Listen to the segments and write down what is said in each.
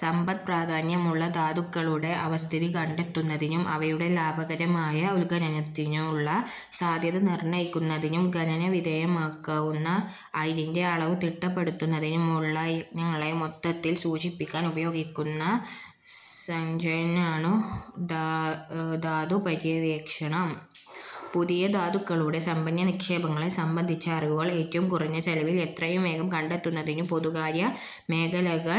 സമ്പദ്പ്രാധാന്യമുള്ള ധാതുക്കളുടെ അവസ്ഥിതി കണ്ടെത്തുന്നതിനും, അവയുടെ ലാഭകരമായ ഉത്ഖനനത്തിനുള്ള സാധ്യത നിർണയിക്കുന്നതിനും, ഖനന വിധേയമാക്കാവുന്ന അയിരിന്റെ അളവ് തിട്ടപ്പെടുത്തുന്നതിനുമുള്ള യത്നങ്ങളെ മൊത്തത്തിൽ സൂചിപ്പിക്കാൻ ഉപയോഗിക്കുന്ന സംജ്ഞയാണു് ധാതുപര്യവേക്ഷണം. പുതിയ ധാതുക്കളുടെ സമ്പന്ന നിക്ഷേപങ്ങളെ സംബന്ധിച്ച അറിവുകൾ ഏറ്റവും കുറഞ്ഞ ചെലവിൽ എത്രയും വേഗം കണ്ടെത്തുന്നതിന് പൊതു-സ്വകാര്യ മേഖലകൾ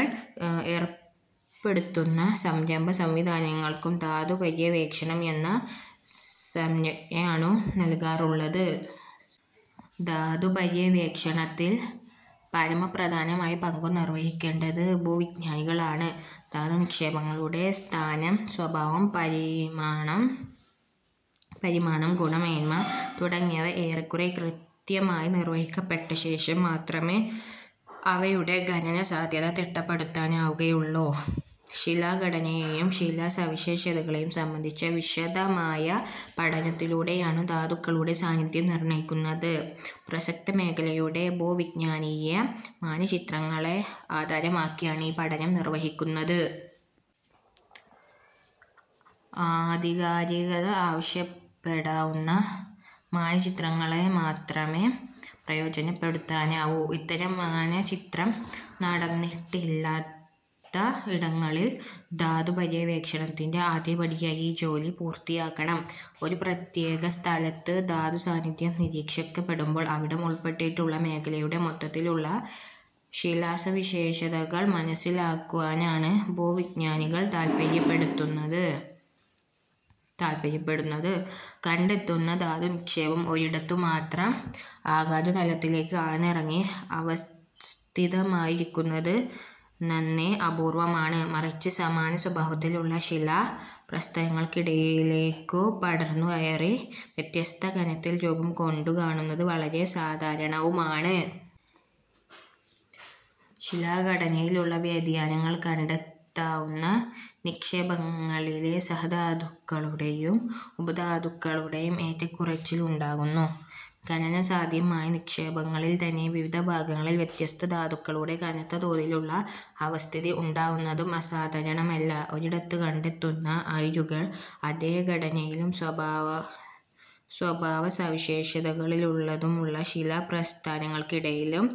ഏർപ്പെടുത്തുന്ന സംരംഭ-സംവിധാനങ്ങൾക്കും ധാതുപര്യവേക്ഷണം എന്ന സംജ്ഞയാണു നല്കാറുള്ളത്. ധാതുപര്യവേക്ഷണത്തിൽ പരമപ്രധാനമായ പങ്കു നിർവഹിക്കേണ്ടത് ഭൂവിജ്ഞാനികളാണ്. ധാതുനിക്ഷേപങ്ങളുടെ സ്ഥാനം, സ്വഭാവം, പരിമാണം, ഗുണമേന്മ തുടങ്ങിയവ ഏറെക്കുറെ കൃത്യമായി നിർവഹിക്കപ്പെട്ടശേഷം മാത്രമേ അവയുടെ ഖനന സാധ്യത തിട്ടപ്പെടുത്താനാവുകയുള്ളൂ. ശിലാഘടനയെയും ശിലാസവിശേഷതകളെയും സംബന്ധിച്ച വിശദമായ പഠനത്തിലൂടെയാണ് ധാതുക്കളുടെ സാന്നിധ്യം നിർണയിക്കുന്നത്. പ്രസക്തമേഖലയുടെ ഭൂവിജ്ഞാനീയ മാനചിത്രങ്ങളെ ആധാരമാക്കിയാണ് ഈ പഠനം നിർവഹിക്കുന്നത്. ആധികാരികത അവകാശപ്പെടാവുന്ന മാനചിത്രങ്ങളെ മാത്രമേ പ്രയോജനപ്പെടുത്താനാവൂ; ഇത്തരം മാനചിത്രണം നടന്നിട്ടില്ലാത്ത ഇടങ്ങളിൽ ധാതുപര്യവേക്ഷണത്തിന്റെ ആദ്യപടിയായി ഈ ജോലി പൂർത്തിയാക്കണം. ഒരു പ്രത്യേക സ്ഥലത്ത് ധാതുസാന്നിധ്യം നിരീക്ഷിക്കപ്പെടുമ്പോൾ അവിടം ഉൾപ്പെട്ടിട്ടുള്ള മേഖലയുടെ മൊത്തത്തിലുള്ള ശിലാസവിശേഷതകൾ മനസ്സിലാക്കുവാനാണ് ഭൂവിജ്ഞാനികൾ താത്പര്യപ്പെടുന്നത്. കണ്ടെത്തുന്ന ധാതുനിക്ഷേപം ഒരിടത്തുമാത്രം അഗാധതലത്തിലേക്ക് ആഴ്ന്നിറങ്ങി അവസ്ഥിതമായിരിക്കുന്നത് നന്നേ അപൂർവമാണ്; മറിച്ച് സമാന സ്വഭാവത്തിലുള്ള ശിലാപ്രസ്തരങ്ങൾക്കിടയിലേക്കു പടർന്നുകയറി, വ്യത്യസ്ത കനത്തിൽ രൂപം കൊണ്ടുകാണുന്നത് വളരെ സാധാരണവുമാണ്. ശിലാഘടനയിലുള്ള വ്യതിയാനങ്ങൾ കണ്ടെത്താവുന്ന നിക്ഷേപങ്ങളിലെ സഹധാതുക്കളുടെയും ഉപധാതുക്കളുടെയും ഏറ്റക്കുറച്ചിൽ ഉണ്ടാക്കുന്നു. ഖനനസാധ്യമായ നിക്ഷേപങ്ങളിൽത്തന്നെ വിവിധ ഭാഗങ്ങളിൽ വ്യത്യസ്ത ധാതുക്കളുടെ കനത്ത തോതിലുള്ള അവസ്ഥിതി ഉണ്ടാവുന്നതും അസാധാരണമല്ല. ഒരിടത്ത് കണ്ടെത്തുന്ന അയിരുകൾ അതേ ഘടനയിലും സ്വഭാവസവിശേഷതകളിലുമുള്ള ശിലാപ്രസ്തരങ്ങൾക്കടിയിലും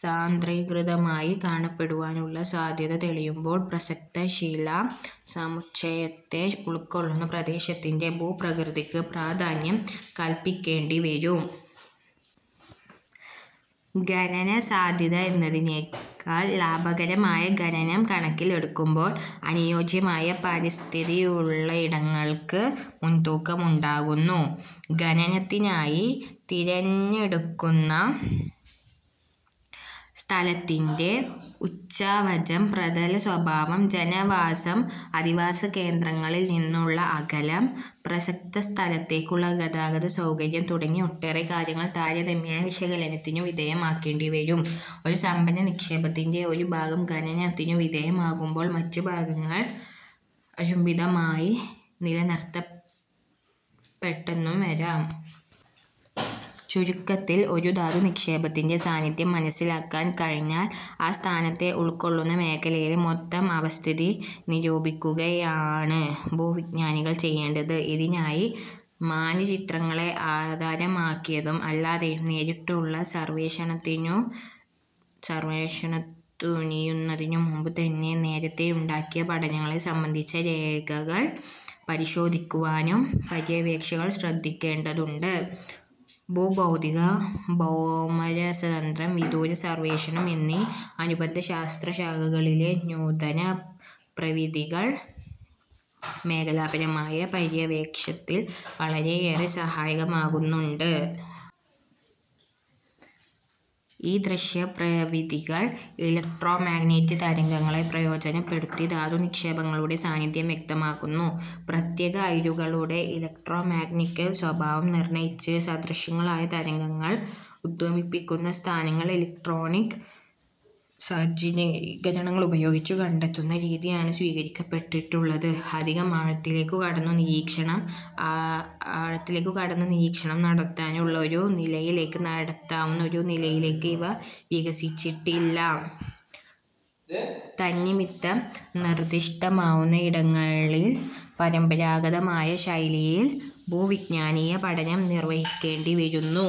സാന്ദ്രീകൃതമായി കാണപ്പെടുവാനുള്ള സാധ്യത തെളിയുമ്പോൾ പ്രസക്ത ശിലാസമുച്ചയത്തെ ഉൾക്കൊള്ളുന്ന പ്രദേശത്തിന്റെ ഭൂപ്രകൃതിക്ക് പ്രാധാന്യം കല്പിക്കേണ്ടിവരും. ഖനനസാധ്യത എന്നതിനെക്കാൾ, ലാഭകരമായ ഖനനം കണക്കിലെടുക്കുമ്പോൾ അനുയോജ്യമായ പരിസ്ഥിതിയുള്ളയിടങ്ങൾക്ക് മുൻതൂക്കമുണ്ടാകുന്നു. ഖനനത്തിനായി തിരഞ്ഞെടുക്കുന്ന സ്ഥലത്തിന്റെ ഉച്ചാവചം, പ്രതല സ്വഭാവം, ജനവാസം, അധിവാസകേന്ദ്രങ്ങളിൽനിന്നുള്ള അകലം, പ്രസക്തസ്ഥലത്തേക്കുള്ള ഗതാഗത സൌകര്യം തുടങ്ങി ഒട്ടേറെ കാര്യങ്ങൾ താരതമ്യ വിശകലനത്തിനു വിധേയമാക്കേണ്ടിവരും. ഒരു സമ്പന്ന നിക്ഷേപത്തിന്റെ ഒരു ഭാഗം ഖനനത്തിനു വിധേയമാകുമ്പോൾ മറ്റു ഭാഗങ്ങൾ അചുംബിതമായി നിലനിർത്തപ്പെട്ടെന്നും വരാം. ചുരുക്കത്തിൽ ഒരു ധാതുനിക്ഷേപത്തിന്റെ സാന്നിധ്യം മനസ്സിലാക്കാൻ കഴിഞ്ഞാൽ ആ സ്ഥാനത്തെ ഉൾക്കൊള്ളുന്ന മേഖലയിലെ മൊത്തം അവസ്ഥിതി നിരൂപിക്കുകയാണ് ഭൂവിജ്ഞാനികൾ ചെയ്യേണ്ടത്. ഇതിനായി, മാനചിത്രങ്ങളെ ആധാരമാക്കിയും അല്ലാതെയും നേരിട്ടുള്ള സർവേഷണത്തിനു തുനിയുന്നതിനുമുമ്പുതന്നെ, നേരത്തേയുണ്ടായിട്ടുള്ള പഠനങ്ങളെ സംബന്ധിച്ച രേഖകൾ പരിശോധിക്കുവാനും പര്യവേക്ഷകർ ശ്രദ്ധിക്കേണ്ടതുണ്ട്. ഭൂഭൗതികം, ഭൗമരസതന്ത്രം, വിദൂര സർവേഷണം എന്നീ അനുബന്ധ ശാസ്ത്രശാഖകളിലെ നൂതന പ്രവിധികൾ മേഖലാപരമായ പര്യവേക്ഷണത്തിൽ വളരെയേറെ സഹായകമാകുന്നുണ്ട്. ഈദൃശ പ്രവിധികൾ ഇലക്ട്രോമാഗ്നറ്റിക് തരംഗങ്ങളെ പ്രയോജനപ്പെടുത്തി, ധാതുനിക്ഷേപങ്ങളുടെ സാന്നിധ്യം വ്യക്തമാക്കുന്നു. പ്രത്യേക അയിരുകളുടെ ഇലക്ട്രോമാഗ്നറ്റിക സ്വഭാവം നിർണയിച്ച്, സദൃശങ്ങളായ തരംഗങ്ങൾ ഉദ്വമിപ്പിക്കുന്ന സ്ഥാനങ്ങൾ ഇലക്ട്രോണിക സജ്ജീകരണങ്ങളുപയോഗിച്ചു കണ്ടെത്തുന്ന രീതിയാണ് സ്വീകരിക്കപ്പെട്ടിട്ടുള്ളത്. അധികം ആഴത്തിലേക്കു കടന്ന് നിരീക്ഷണം നടത്താവുന്ന ഒരു നിലയിലേക്ക് ഇവ വികസിച്ചിട്ടില്ല. തന്നിമിത്തം നിർദിഷ്ടമാവുന്നയിടങ്ങളിൽ പരമ്പരാഗതമായ ശൈലിയിൽ ഭൂവിജ്ഞാനീയ പഠനം നിർവഹിക്കേണ്ടിവരുന്നു.